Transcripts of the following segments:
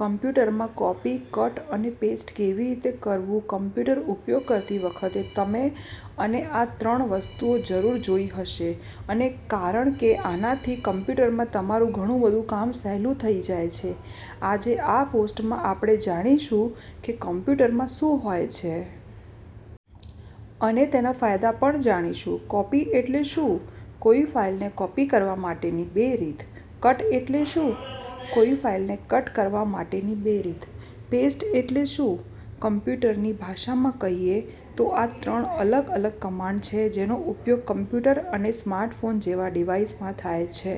કમ્પ્યુટરમાં copy, cut અને paste કેવી રીતે કરવું? કમ્પ્યુટર ઉપયોગ કરતી વખતે તમે, અને આ ત્રણ વસ્તુઓ જરૂર જોઈ હશે અને કારણ કે આનાથી કમ્પ્યુટરમાં તમારું ઘણું-બધુ કામ સહેલું થઈ જાય છે. આજે આ પોસ્ટમાં આપણે જાણીશું કે કમ્પ્યુટરમાં શું હોય છે? અને તેના ફાયદા પણ જાણીશું. કોપી એટલે શું? કોઈ ફાઇલને કોપી કરવા માટેની બે રીત.કટ એટલે શું? કોઈ ફાઇલને કટ કરવા માટેની બે રીત. પેસ્ટ એટલે શું? કમ્પ્યુટરની ભાષામાં કહીએ તો આ ત્રણ અલગ-અલગ કમાન્ડ છે જેનો ઉપયોગ કમ્પ્યુટર અને સ્માર્ટફોન જેવા ડિવાઇસમાં થાય છે.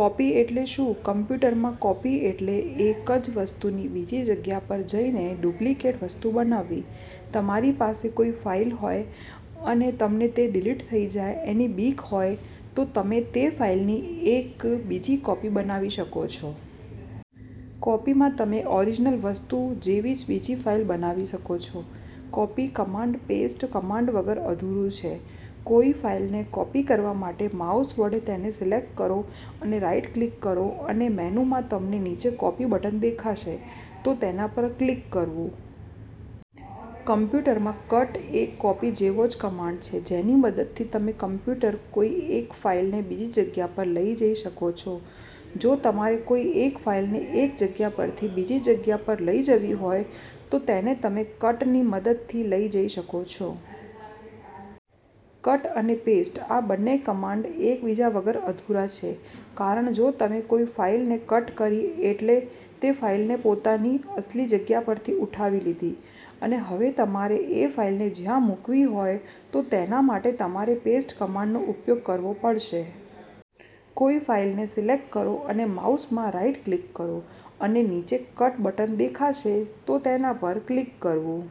કોપી એટલે શું? કમ્પ્યુટરમાં કોપી એટલે એક જ વસ્તુની બીજી જગ્યા પર જઈને ડુપ્લિકેટ વસ્તુ બનાવવી. તમારી પાસે કોઈ ફાઇલ હોય અને તમને તે ડિલીટ થઈ જાય એની બીક હોય તો તમે તે ફાઇલની એક બીજી કોપી બનાવી શકો છો. કોપીમાં તમે ઓરિજનલ વસ્તુ જેવી જ બીજી ફાઇલ બનાવી શકો છો. "કોપી" કમાન્ડ "પેસ્ટ" કમાન્ડ વગર અધૂરું છે. કોઈ ફાઇલને કોપી કરવા માટે માઉસ વડે તેને સિલેક્ટ કરો અને રાઇટ ક્લિક કરો અને મેનૂમાં તમને નીચે કોપી બટન દેખાશે તો તેના પર ક્લિક કરવું. કમ્પ્યુટરમાં કટ એક કોપી જેવો જ કમાન્ડ છે જેની મદદથી તમે કમ્પ્યુટર કોઈ એક ફાઇલને બીજી જગ્યા પર લઈ જઈ શકો છો. જો તમારે કોઈ એક ફાઇલને એક જગ્યા પરથી બીજી જગ્યા પર લઈ જવી હોય તો તેને તમે કટની મદદથી લઈ જઈ શકો છો. કટ અને પેસ્ટ આ બંને કમાન્ડ એક બીજા વગર અધૂરા છે કારણ જો તમે કોઈ ફાઇલને કટ કરી એટલે તે ફાઇલને પોતાની અસલી જગ્યા પરથી ઉઠાઈ લીધી અને હવે તમારે એ ફાઇલને જ્યાં મૂકવી હોય તો તેના માટે તમારે પેસ્ટ કમાન્ડનો ઉપયોગ કરવો પડે. કોઈ ફાઇલને સિલેક્ટ કરો અને માઉસમાં રાઇટ ક્લિક કરો અને નીચે કટ બટન દેખાશે તો તેના પર ક્લિક કરવું.